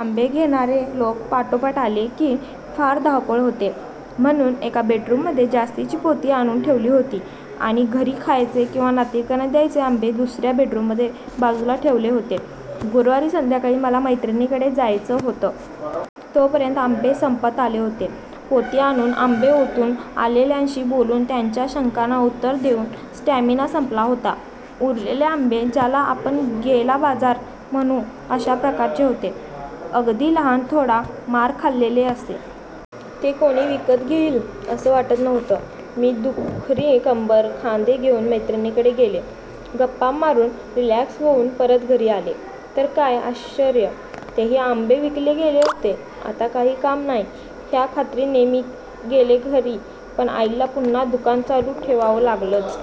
आंबे घेणारे लोकं पाठोपाठ आले, की फार धावपळ होते, म्हणून एका बेडरूममध्ये जास्तीची पोती आणून ठेवली होती आणि घरी खायचे किंवा नातेवाइकांना द्यायचे आंबे दुसऱ्या बेडरूममध्ये बाजूला ठेवले होते. गुरुवारी संध्याकाळी मला मैत्रिणीकडे जायचं होतं. तोपर्यंत आंबे संपत आले होते. पोती आणून, आंबे ओतून, आलेल्यांशी बोलून त्यांच्या शंकांना उत्तरं देऊन स्टॅमिना संपला होता. उरलेले आंबे ज्याला आपण 'गेला बाजार' म्हणू, अशा प्रकारचे होते. अगदी लहान, थोडा मार खाल्लेले असे. ते कोणी विकत घेईल, असं वाटत नव्हतं. मी दुखरी कंबर, खांदे घेऊन मैत्रिणीकडे गेले. गप्पा मारून, रिलॅक्स होऊन परत घरी आले, तर काय आश्यर्य! तेही आंबे विकले गेले होते.. आता काही काम नाही, ह्या खात्रीने मी गेले खरी, पण आईला पुन्हा दुकान चालू ठेवावं लागलंच.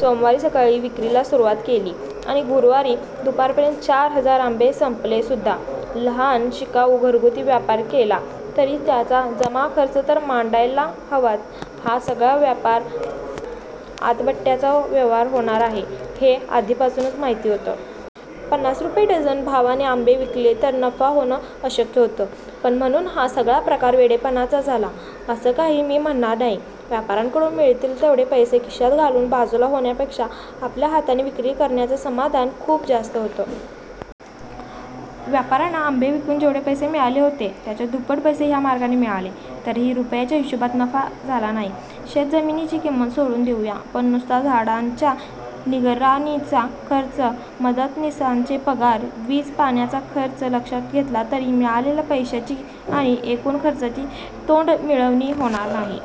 सोमवारी सकाळी विक्रीला सुरवात केली आणि गुरुवारी दुपारपर्यंत चार हजार आंबे संपले सुद्धालहान, शिकाऊ, घरगुती व्यापार केला तरी त्याचा जमाखर्च तर मांडायला हवाच. हा सगळा व्यापार आतबट्ट्याचा व्यवहार होणार आहे, हे आधीपासूनच माहिती होतं. पन्नास रुपये डझन भावाने आंबे विकले तर नफा होणं अशक्य होतं. पण म्हणून हा सगळा प्रकार वेडेपणाचा झाला, असं काही मी म्हणणार नाही. व्यापाऱ्यांकडून मिळतील तेवढे पैसे खिशात घालून बाजूला होण्यापेक्षा आपल्या हाताने विक्री करण्याचं समाधान खूप जास्त होतं. व्यापाऱ्यांना आंबे विकून जेवढे पैसे मिळाले होते, त्याच्या दुप्पट पैसे ह्या मार्गाने मिळाले. तरीही रुपयांच्या हिशेबात नफा झाला नाही. शेतजमिनीची किंमत सोडून देऊया. पण नुसता झाडांच्या निगराणीचा खर्च, मदतनिसांचे पगार, वीज-पाण्याचा खर्च लक्षात घेतला तरी मिळालेल्या पैशाची आणि एकूण खर्चाची तोंडमिळवणी होणार नाही.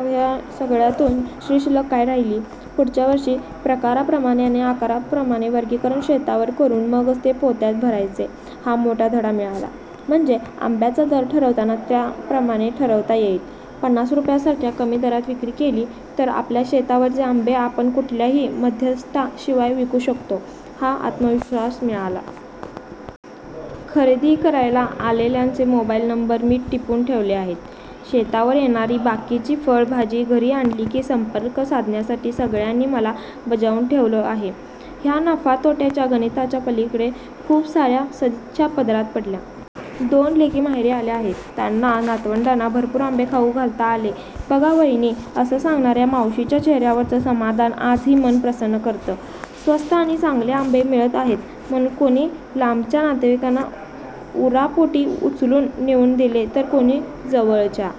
मग ह्या सगळ्यातून श्रीशिल्लक काय राहिली? पुढच्या वर्षी प्रकाराप्रमाणे आणि आकाराप्रमाणे वर्गीकरण शेतावर करून मगच ते पोत्यात भरायचे हा महत्त्वाचा धडा मिळाला. म्हणजे आंब्यांचा दर ठरवताना त्याप्रमाणे ठरवता येईल. पन्नास रुपयांसारख्या कमी दरात विक्री केली, तर आपल्या शेतावरचे आंबे आपण कुठल्याही मध्यस्थाशिवाय विकू शकतो, हा आत्मविश्वास मिळाला. खरेदी करायला आलेल्यांचे मोबाईल नंबर मी टिपून ठेवले आहेत. शेतावर येणारी बाकीची फळं, भाजी घरी आणली की संपर्क साधण्यासाठी सगळ्यांनी मला बजावून ठेवलं आहे. ह्या नफा-तोट्याच्या गणिताच्या पलीकडे खूप साऱ्या सदिच्छा पदरात पडल्या. 'दोन लेकी माहेरी आल्या आहेत. त्यांना, नातवंडांना भरपूर आंबे खाऊ घालता आले बघा वहिनी' असं सांगणाऱ्या मावशींच्या चेहऱ्यावरचं समाधान आजही मन प्रसन्न करतं. स्वस्त आणि चांगले आंबे मिळत आहेत म्हणून कोणी लांबच्या नातेवाइकांना उरापोटी उचलून नेऊन दिले तर कोणी जवळच्या